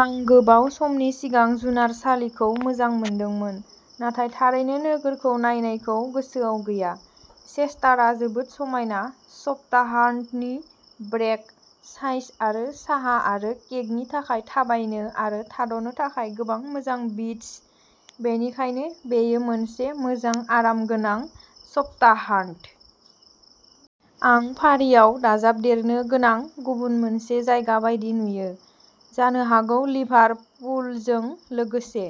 आं गोबाव समनि सिगां जुनारसालिखौ मोजां मोनदोंमोन, नाथाय थारैनो नोगोरखौ नायनायखौ गोसोआव गैया। चेस्टारा जोबोद समायना-सप्ताहान्तनि ब्रेक साइज आरो साहा आरो केकनि थाखाय थाबायनो आरो थाद'नो थाखाय गोबां मोजां बिट्स, बेनिखायनो बेयो मोनसे मोजां आरामगोनां सप्ताहान्त! आं फारियाव दाजाबदेरनो गोनां गुबुन मोनसे जायगा बायदि नुयो। जानो हागौ लिभारपुलजों लोगोसे,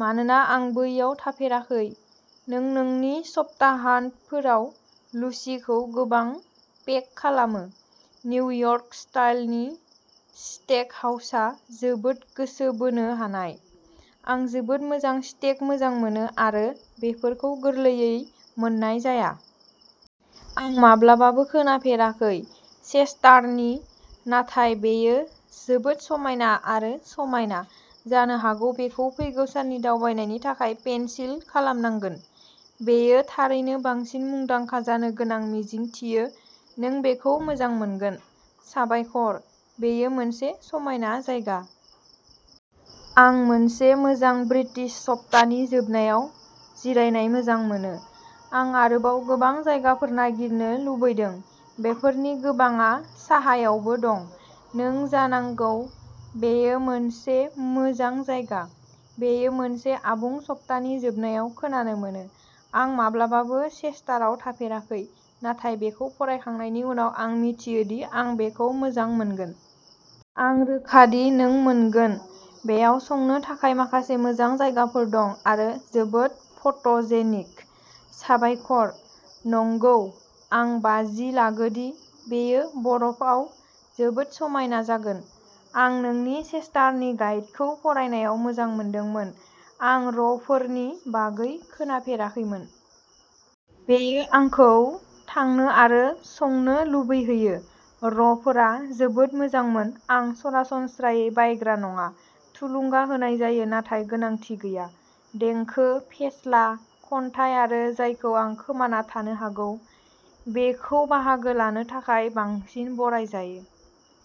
मानोना आं बैयाव थाफेराखै! नों नोंनि सप्ताहान्तफोराव लुसिखौ गोबां पेक खालामो! निउयर्क स्टाइलनि स्टेकहाउसा जोबोद गोसो बोनो हानाय। आं जोबोद मोजां स्टेक मोजां मोनो आरो बेफोरखौ गोरलैयै मोन्नाय जाया। आं माब्लाबाबो खोनाफेराखै। चेस्टारनि, नाथाय बेयो जोबोद समायना आरो समायना! जानो हागौ बेखौ फैगौ साननि दावबायनायनि थाखाय पेनसिल खालामनांगोन! बेयो थारैनो बांसिन मुंदांखा जानो गोनां-मिजिंथियो नों बेखौ मोजां मोनगोन! साबायखर, बेयो मोनसे समायना जायगा! आं मोनसे मोजां ब्रिटिश सप्तानि जोबनायाव जिरायनाय मोजां मोनो! आं आरोबाव गोबां जायगाफोर नागिरनो लुबैदों, बेफोरनि गोबांआ साहायावबो दं। नों जानांगौ, बेयो मोनसे मोजां जायगा! बेयो मोनसे आबुं सप्तानि जोबनायाव खोनानो मोनो! आं माब्लाबाबो चेस्टाराव थाफेराखै नाथाय बेखौ फरायखांनायनि उनाव आं मिथियो दि आं बेखौ मोजां मोनगोन। आं रोखा दि नों मोनगोन, बेयाव संनो थाखाय माखासे मोजां जायगाफोर दं-आरो जोबोद फट'जेनिक! साबायखर! नंगौ, आं बाजि लागोदि बेयो बरफआव जोबोद समायना जागोन। आं नोंनि चेस्टारनि गाइडखौ फरायनायाव मोजां मोनदोंमोन। आं र'फोरनि बागै खोनाफेराखैमोन। बेयो आंखौ थांनो आरो संनो लुबैहोयो! र'फोरा जोबोद मोजांमोन-आं सरासनस्रायै बायग्रा नङा। थुलुंगा होनाय जायो नाथाय गोनांथि गैया। देंखो, फेस्ला, खन्थाइ आरो जायखौ आं खोमाना थानो हागौ, बेखौ बाहागो लानो थाखाय बांसिन बराय जायो।